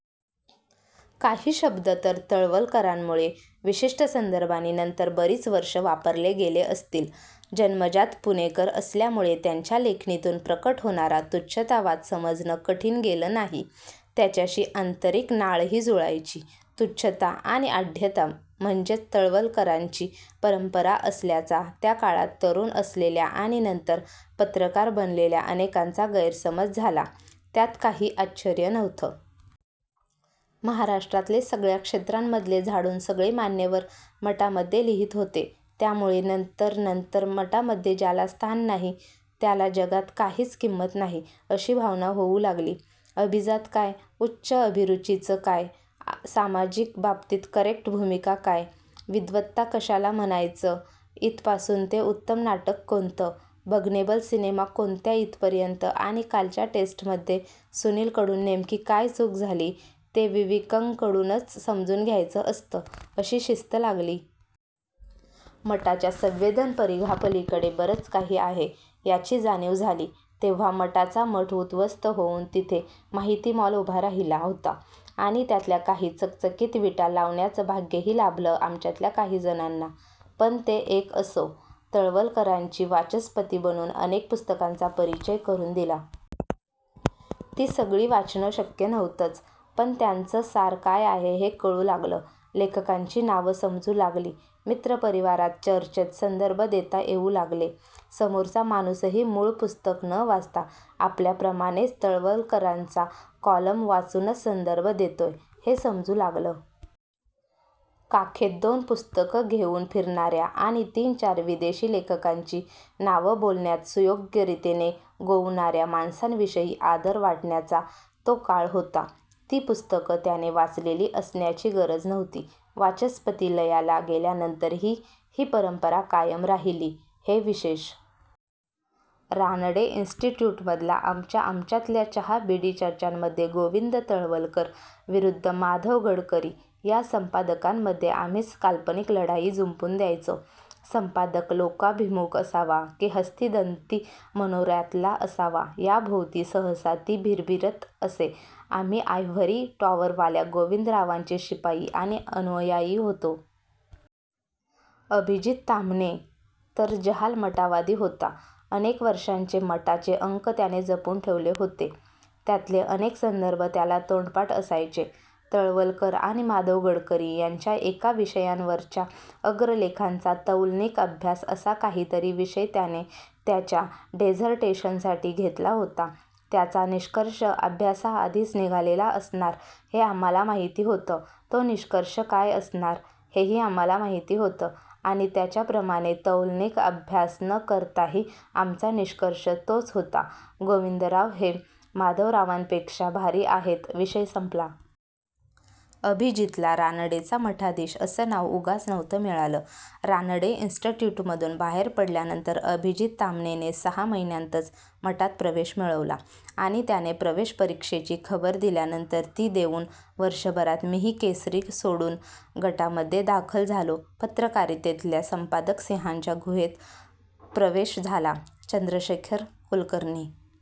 काही शब्द तर तळवलकरांमुळे विशिष्ट संदर्भांनी नंतर बरीच वर्षं वापरले गेले असतील. जन्मजात पुणेकर असल्यामुळे त्यांच्या लेखणीतून प्रकट होणारा तुच्छतावाद समजणं कठीण गेलं नाही. त्याच्याशी आंतरिक नाळही जुळायची. तुच्छता आणि आढ्यता म्हणजेच तळवलकरांची परंपरा असल्याचा, त्या काळात तरुण असलेल्या आणि नंतर पत्रकार बनलेल्या अनेकांचा गैरसमज झाला, त्यात काही आश्चर्य नव्हतं. महाराष्ट्रातले सगळ्या क्षेत्रांमधले झाडून सगळे मान्यवर मटामध्ये लिहीत होते. त्यामुळे नंतर नंतर मटामध्ये ज्याला स्थान नाही, त्याला जगात काहीच किंमत नाही, अशी भावना होऊ लागली. अभिजात काय, उच्च अभिरुचीचं काय, सामाजिक बाबतीत करेक्ट भूमिका काय, विद्वत्ता कशाला म्हणायचं इथपासून ते उत्तम नाटक कोणतं, बघणेबल सिनेमा कोणता इथपर्यंत आणि कालच्या टेस्टमध्ये सुनीलकडून नेमकी काय चूक झाली ते विविकंकडूनच समजून घ्यायचं असतं, अशी शिस्त लागली. मटाच्या संवेदनपरिघापलीकडे बरंच काही आहे, याची जाणीव झाली, तेव्हा मटाचा मठ उद्ध्वस्त होऊन तिथे माहितीमॉल उभा राहिला होता आणि त्यातल्या काही चकचकीत विटा लावण्याचं भाग्यही लाभलं आमच्यातल्या काहीजणांना. पण, ते एक असो. तळवलकरांनी वाचस्पती बनून अनेक पुस्तकांचा परिचय करून दिला. ती सगळी वाचणं शक्य नव्हतंच; पण, त्यांचं सार काय आहे, हे कळू लागलं, लेखकांची नावं समजू लागली. मित्रपरिवारात चर्चेत संदर्भ देता येऊ लागले. समोरचा माणूसही मूळ पुस्तक न वाचता आपल्याप्रमाणेच तळवलकरांचा कॉलम वाचूनच संदर्भ देतोय, हे समजू लागलं. काखेत दोन पुस्तकं घेऊन फिरणाऱ्या आणि तीन-चार विदेशी लेखकांची नावं बोलण्यात सुयोग्य रीतीने गोवणाऱ्या माणसांविषयी आदर वाटण्याचा तो काळ होता. ती पुस्तकं त्याने वाचलेली असण्याची गरज नव्हती. वाचस्पती लयाला गेल्यानंतरही ही परंपरा कायम राहिली, हे विशेष. रानडे इन्स्टिट्यूटमधल्या आमच्या-आमच्यातल्या चहा-बिडी चर्चांमध्ये गोविंद तळवलकर विरुद्ध माधव गडकरी या संपादकांमध्ये आम्हीच काल्पनिक लढाई जुंपून द्यायचो. संपादक लोकाभिमुख असावा की हस्तिदंती मनोऱ्यातला असावा, याभोवती सहसा ती भिरभिरत असे. आम्ही आयव्हरी टॉवरवाल्या गोविंदरावांचे शिपाई आणि अनुयायी होतो. अभिजीत ताम्हणे तर जहाल मटावादी होता. अनेक वर्षांचे मटाचे अंक त्याने जपून ठेवले होते, त्यातले अनेक संदर्भ त्याला तोंडपाठ असायचे. तळवलकर आणि माधव गडकरी यांच्या एकाच विषयांवरच्या अग्रलेखांचा तौलनिक अभ्यास असा काहीतरी विषय त्याने त्याच्या डेझर्टेशनसाठी घेतला होता त्याचा निष्कर्ष अभ्यासाआधीच निघालेला असणार हे आम्हाला माहिती होतं; तो निष्कर्ष काय असणार, हेही आम्हाला माहिती होतं आणि त्याच्याप्रमाणे तौलनिक अभ्यास न करताही आमचा निष्कर्ष तोच होता गोविंदराव हे माधवरावांपेक्षा भारी आहेत विषय संपला! अभिजीतला रानडेचा मटाधीश असं नाव उगाच नव्हतं मिळालं. रानडे इन्स्टिट्यूटमधून बाहेर पडल्यानंतर अभिजीत ताम्हणेने सहा महिन्यांतच मटात प्रवेश मिळवला आणि त्याने प्रवेशपरीक्षेची खबर दिल्यानंतर ती देऊन वर्षभरात मीही केसरी सोडून मटामध्ये दाखल झालो. पत्रकारितेतल्या संपादक-सिंहाच्या गुहेत प्रवेश झाला. चंद्रशेखर कुलकर्णी,